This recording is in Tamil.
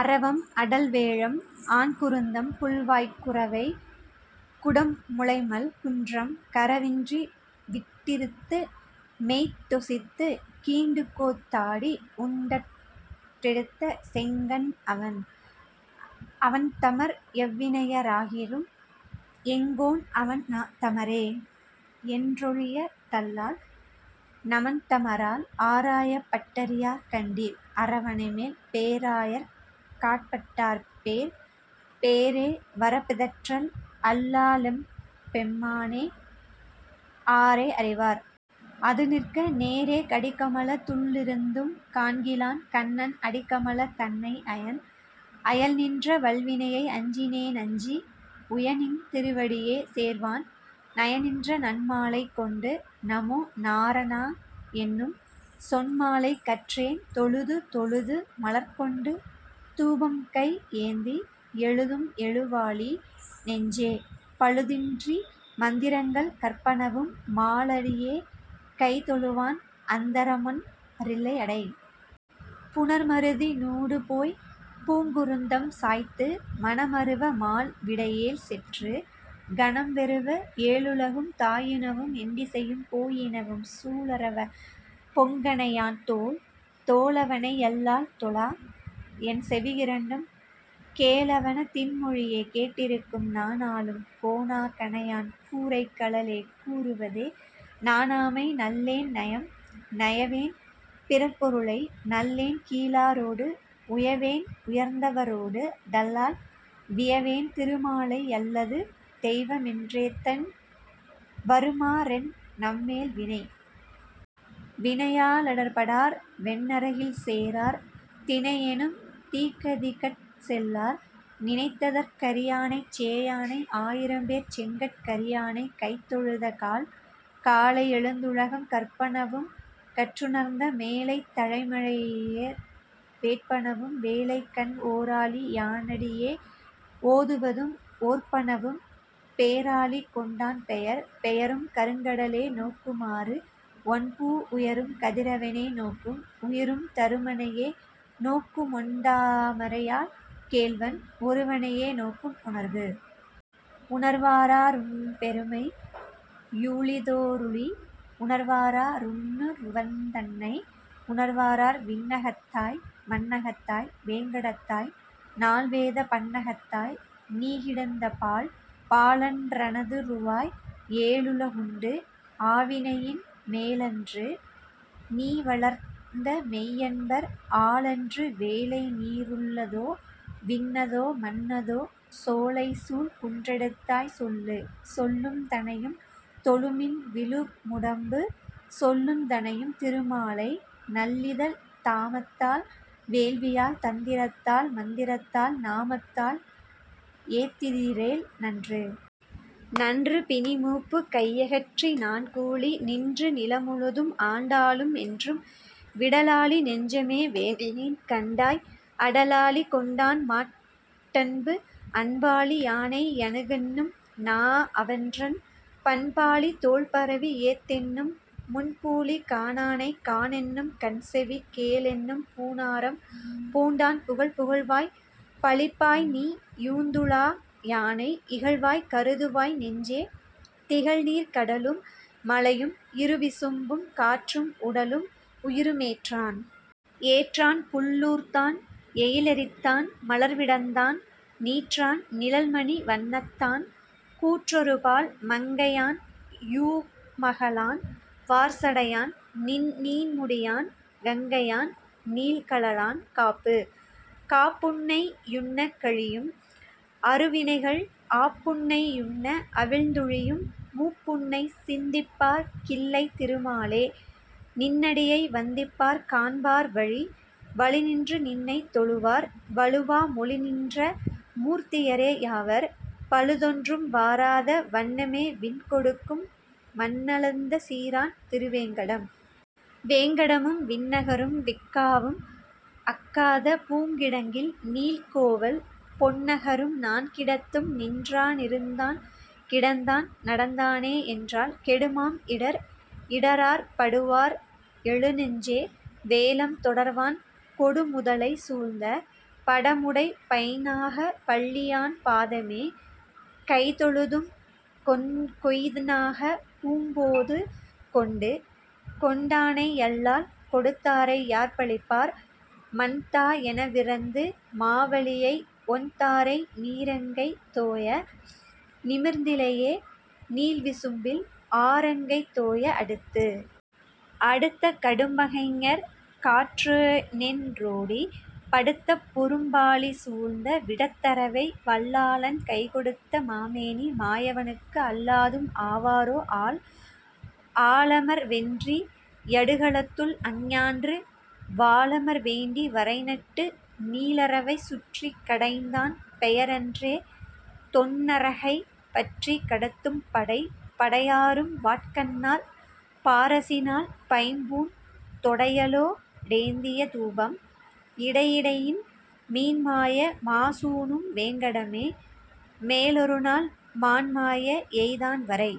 அரவம் அடல்வேழம் ஆன்குருந்தம் புள்வாய் குரவை குடம்முலைமல் குன்றம், கரவின்றி விட்டிறுத்து மேய்த்தொசித்துக் கீண்டுகோத் தாடி, உண் டட்டெடுத்த செங்கண் அவன். அவன் தமர் எவ்வினைய ராகிலும், எங்கோன் அவன்தமரே யென்றொழிவ தல்லால், நமன்தமரால் ஆராயப் பட்டறியார் கண்டீர், அரவணைமேல் பேராயற் காட்பட்டார் பேர். பேரே வரப்பிதற்றல் அல்லாலெம் பெம்மானை, ஆரே அறிவார்? அதுநிற்க, நேரே கடிக்கமலத் துள்ளிருந்தும் காண்கிலான், கண்ணன் அடிக்கமலந் தன்னை அயன். அயல்நின்ற வல்வினையை அஞ்சினே னஞ்சி, உயநின் திருவடியே சேர்வான், நயநின்ற நன்மாலை கொண்டு நமோநாரணா என்னும், சொன்மாலை கற்றேன் தொழுது. தொழுது மலர்க்கொண்டு தூபம்கை யேந்தி, எழுதும் எழுவாழி நெஞ்சே, பழுதின்றி மந்திரங்கள் கற்பனவும் மாலடியே கைதொழுவான், அந்தரமொன் றில்லை அடை. புணர்மருதி னூடுபோய்ப் பூங்குருந்தம் சாய்த்து, மணமருவ மால் விடையேழ் செற்று, கணம்வெருவ ஏழுலகும் தாயினவும் எண்டிசையும் போயினவும், சூழரவப் பொங்கணையான் தோள். தோளவனை யல்லால் தொழா, என் செவியிரண்டும், கேளவன தின்மொழியே கேட்டிருக்கும், நாநாளும் கோணா கணையான் கூரைகழலே கூறுவதே, நாணாமை நள்ளேன் நயம். நயவேன் பிறர்ப்பொருளை நள்ளேன்கீ ழாரோடு, உயவேன் உயர்ந்தவரோ டல்லால், வியவேன் திருமாலை யல்லது தெய்வமென் றேத்தேன், வருமாறென் நம்மேல் வினை? வினையா லடர்ப்படார் வெந்நரகில் சேரார், தினையேனும் தீக்கதிக்கட் செல்லார், நினைதற் கரியானைச் சேயானை, ஆயிரம்பேர்ச் செங்கட் கரியானைக் கைதொழுதக் கால். காலை யெழுந்துலகம் கற்பனவும், கற்றுணர்ந்த மேலைத் தலைமறைய வேட்பனவும், வேலைக்கண் ஓராழி யானடியே ஓதுவதும் ஓர்ப்பனவும், பேராழி கொண்டான் பெயர். பெயரும் கருங்கடலே நோக்குமாறு, ஒண்பூ உயரும் கதிரவனே நோக்கும், -உயிரும் தருமனையே நோக்குமொண் டாமரையாள் கேள்வன், ஒருவனையே நோக்கும் உணர்வு. உணர்வாரா ருன்பெருமை? யூழிதோ றூழி, உணர்வாரா ருன்னுருவந் தன்னை?, உணர்வாரார் விண்ணகத்தாய். மண்ணகத்தாய். வேங்கடத்தாய் நால்வேதப் பண்ணகத்தாய். நீகிடந்த பால்? பாலன் றனதுருவாய் ஏழுலகுண்டு, ஆலிலையின் மேலன்று நீவளர்ந்த மெய்யென்பர், ஆலன்று வேலைநீ ருள்ளதோ விண்ணதோ மண்ணதோ? சோலைசூழ் குன்றெடுத்தாய் சொல்லு. சொல்லுந் தனையும் தொழுமின் விழுமுடம்பு, சொல்லுந் தனையும் திருமாலை, நல்லிதழ்த் தாமத்தால் வேள்வியால் தந்திரத்தால் மந்திரத்தால், நாமத்தால் ஏத்திதிரேல் நன்று. நன்று பிணிமூப்புக் கையகற்றி நான்கூழி, நின்று நிலமுழுதும் ஆண்டாலும், என்றும் விடலாழி நெஞ்சமே. வேண்டினேன் கண்டாய், அடலாழி கொண்டான்மாட் டன்பு. அன்பாழி யானை யணுகென்னும், நாஅவன்றன் பண்பாழித் தோள்பரவி யேத்தென்னும், முன்பூழி காணானைக் காணென்னும் கண்செவி கேளென்னும் பூணாரம் பூண்டான் புகழ். புகழ்வாய் பழிப்பாய்நீ பூந்துழா யானை, இகழ்வாய் கருதுவாய் நெஞ்சே, திகழ்நீர்க் கடலும் மலையும் இருவிசும்பும் காற்றும், உடலும் உயிருமேற்றான். ஏற்றான் புள்ளூர்த்தான் எயிலெரித்தான் மார்விடந்தான் நீற்றான் நிழல்மணி வண்ணத்தான், கூற்றொருபால் மங்கையான் பூமகளான் வார்சடையான், நீண்முடியான் கங்கையான் நீள்கழலான் காப்பு. காப்புன்னை யுன்னக் கழியும் அருவினைகள், ஆப்புன்னை யுன்ன அவிழ்ந்தொழியும் மூப்புன்னைச் சிந்திப்பார்க் கில்லை திருமாலே, நின்னடியை வந்திப்பார் காண்பர் வழி. வழிநின்று நின்னைத் தொழுவார், வழுவா மொழிநின்ற மூர்த்தியரே யாவர், பழுதொன்றும் வாராத வண்ணமே விண்கொடுக்கும், மண்ணளந்த சீரான் திருவேங்கடம். வேங்கடமும் விண்ணகரும் வெஃகாவும், அஃகாத பூங்கிடங்கில் நீள்கோவல் பொன்னகரும், நான்கிடத்தும் நின்றா னிருந்தான் கிடந்தான் நடந்தானே, என்றால் கெடுமாம் இடர். இடரார் படுவார்? எழுநெஞ்சே, வேழம் தொடர்வான் கொடுமுதலை சூழ்ந்த, படமுடை பைந்நாகப் பள்ளியான் பாதமே கைதொழுதும், கொய்ந்நாகப் பூம்போது கொண்டு. கொண்டானை யல்லால் கொடுத்தாரை யார்பழிப்பார், மண்தா எனவிரந்து மாவலியை, ஒண்தாரை நீரங்கை தோய நிமிர்ந்திலையே, நீள்விசும்பில் ஆரங்கை தோய அடுத்து? அடுத்த கடும்பகைஞர்க் காற்றேனென் றோடி, படுத்த பொரும்பாழி சூழ்ந்த விடத்தரவை, வல்லாளன் கைக்கொடுத்த மாமேனி மாயவனுக்கு, அல்லாதும் ஆவரோ ஆள்? ஆளமர் வென்றி யடுகளத்துள் அஞ்ஞான்று, வாளமர் வேண்டி வரைநட்டு, நீளரவைச் சுற்றிக் கடைந்தான் பெயரன்றே, தொன்னரகைப் பற்றிக் கடத்தும் படை? படையாரும் வாட்கண்ணார் பாரசிநாள், பைம்பூந் தொடையலோ டேந்திய தூபம், இடையிடையின் மீன்மாய மாசூணும் வேங்கடமே, மேலொருநாள் மான்மாய எய்தான் வரை.